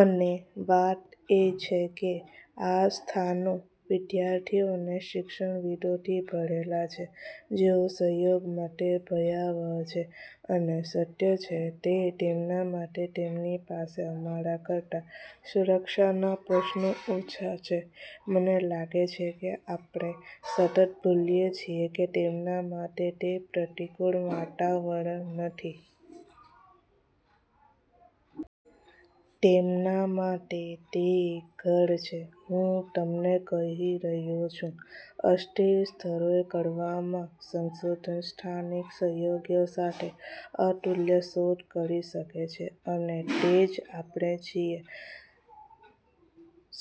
અને વાત એ છે કે આ સ્થાનો વિદ્યાર્થીઓ અને શિક્ષણવિદોથી ભરેલા છે જેઓ સહયોગ માટે ભયાવહ છે અને સત્ય છે તે તેમના માટે તેમની પાસે અમારા કરતા સુરક્ષાના પ્રશ્નો ઓછા છે. મને લાગે છે કે આપણે સતત ભૂલીએ છીએ કે તેમના માટે તે પ્રતિકૂળ વાતાવરણ નથી. તેમના માટે તે ઘર છે. હું તમને કહી રહ્યો છું, અસ્થિર સ્થળોએ કરવામાં સંશોધન સ્થાનિક સહયોગીઓ સાથે અતુલ્ય શોધ કરી શકે છે અને તે જ આપણે છીએ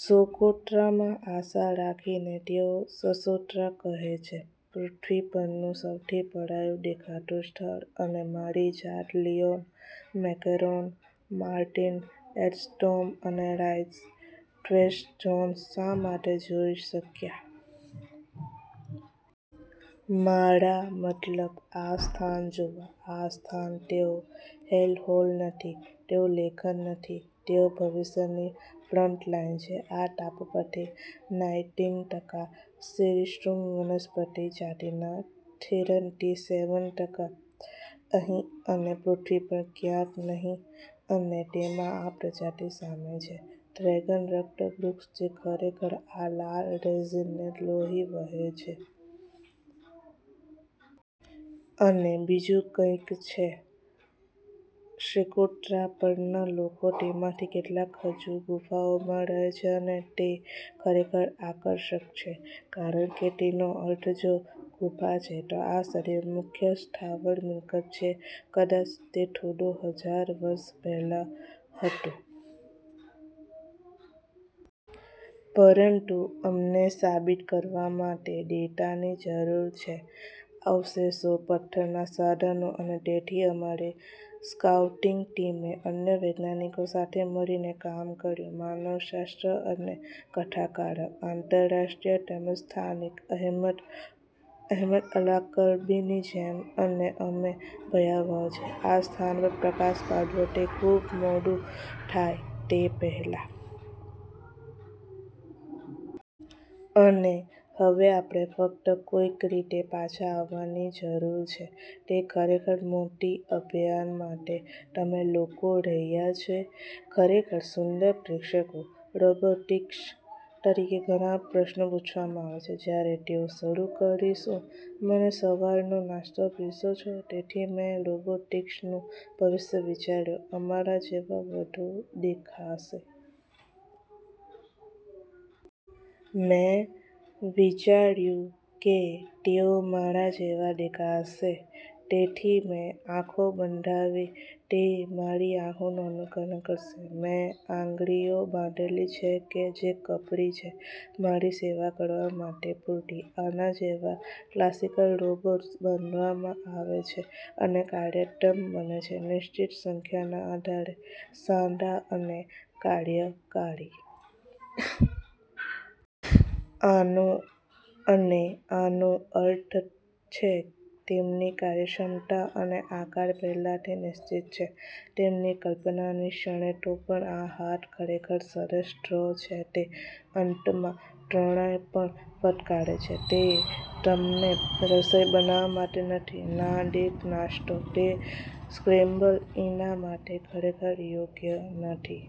સોકોત્રામાં આશા રાખીને. તેઓ સોસોત્રા કહે છે પૃથ્વી પરનું સૌથી પરાયું દેખાતું સ્થળ અને મારી જાત લિયોન મકેરોન, માર્ટિન એડ્સ્ટ્રોમ અને રાયસ થ્વેટ્સ-જોન્સ શા માટે જોઈ શક્યા. મારા મતલબ આ સ્થાન જુઓ. આ સ્થાન તેઓ હેલહોલ નથી, તેઓ લેખન નથી, તેઓ ભવિષ્યની ફ્રન્ટલાઈન છે. આ ટાપુ પરના નાઈન્ટી ટકા સરિસૃપ, વનસ્પતિ જાતિના થીરન્ટી સેવન ટકા અહીં અને પૃથ્વી પર ક્યાંય નહીં અને તેમાં આ પ્રજાતિ શામેલ છે ડ્રેગન રક્ત વૃક્ષ જે ખરેખર આ લાલ રેઝિનને લોહી વહે છે. અને બીજું કંઈક છે. સોકોત્રા પરના લોકો તેમાંથી કેટલાક હજી ગુફાઓમાં રહે છે અને તે ખરેખર આકર્ષક છે કારણ કે તેનો અર્થ જો ગુફા છે તો આ સદીમાં મુખ્ય સ્થાવર મિલકત છે. કદાચ તે થોડો હજાર વર્ષ પહેલાં હતું. પરંતુ અમને સાબિત કરવા માટે ડેટાની જરૂર છે, અવશેષો, પથ્થરનાં સાધનો, અને તેથી અમારી સ્કાઉટિંગ ટીમે અન્ય વૈજ્ઞાનિકોએ સાથે મળીને કામ કર્યું છે, માનવશાસ્ત્ર અને કથાકારો, આંતરરાષ્ટ્રીય તેમજ સ્થાનિક, અહેમદ અહેમદ અલારકબીની જેમ અને અમે ભયાવહ છે આ સ્થાન પર પ્રકાશ પાડવો તે ખૂબ મોડું થાય તે પહેલાં. અને હવે આપણે ફક્ત કોઈક રીતે પાછા આવવાની જરૂર છે તે ખરેખર મોટી અભિયાન માટે. તમે લોકો રહ્યા છે ખરેખર સુંદર પ્રેક્ષકો. રોબોટિસ્ટ તરીકે ઘણા પ્રશ્નો પૂછવામાં આવેસે. જ્યારે તેઓ શરૂ કરીશું મને સવારનો નાસ્તો પીરસો છો તેથી મેં રોબોટિક્સનું ભવિષ્ય વિચાર્યું અમારા જેવા વધુ દેખાશે. મેં વિચાર્યું કે તેઓ મારા જેવા દેખાશે તેથી મેં આંખો બંધાવી તે મારી આંખોનું અનુકરણ કરશે. મેં આંગળીઓ બાંધેલી છે કે જે કપરી છે મારી સેવા કરવા માટે પૂરતી. આના જેવા ક્લાસિકલ રોબોટ્સ બાંધવામાં આવે છે અને કાર્યાત્મક બને છે નિશ્ચિત સંખ્યાના આધારે સાંધા અને કાર્યકારી. આનો અને આનો અર્થ છે તેમની કાર્યક્ષમતા અને આકાર પહેલાથી નિશ્ચિત છે તેમની કલ્પનાની ક્ષણે. તો પણ આ હાથ ખરેખર સરસ થ્રો છે તે અંતમાં ત્રોનાય પણ ફટકારે છે. તે તમને રસોઇ બનાવવા માટે નથી, ના દીઠ નાસ્તો. તે સ્ક્રેમ્બલ ઇંડા માટે ખરેખર યોગ્ય નથી.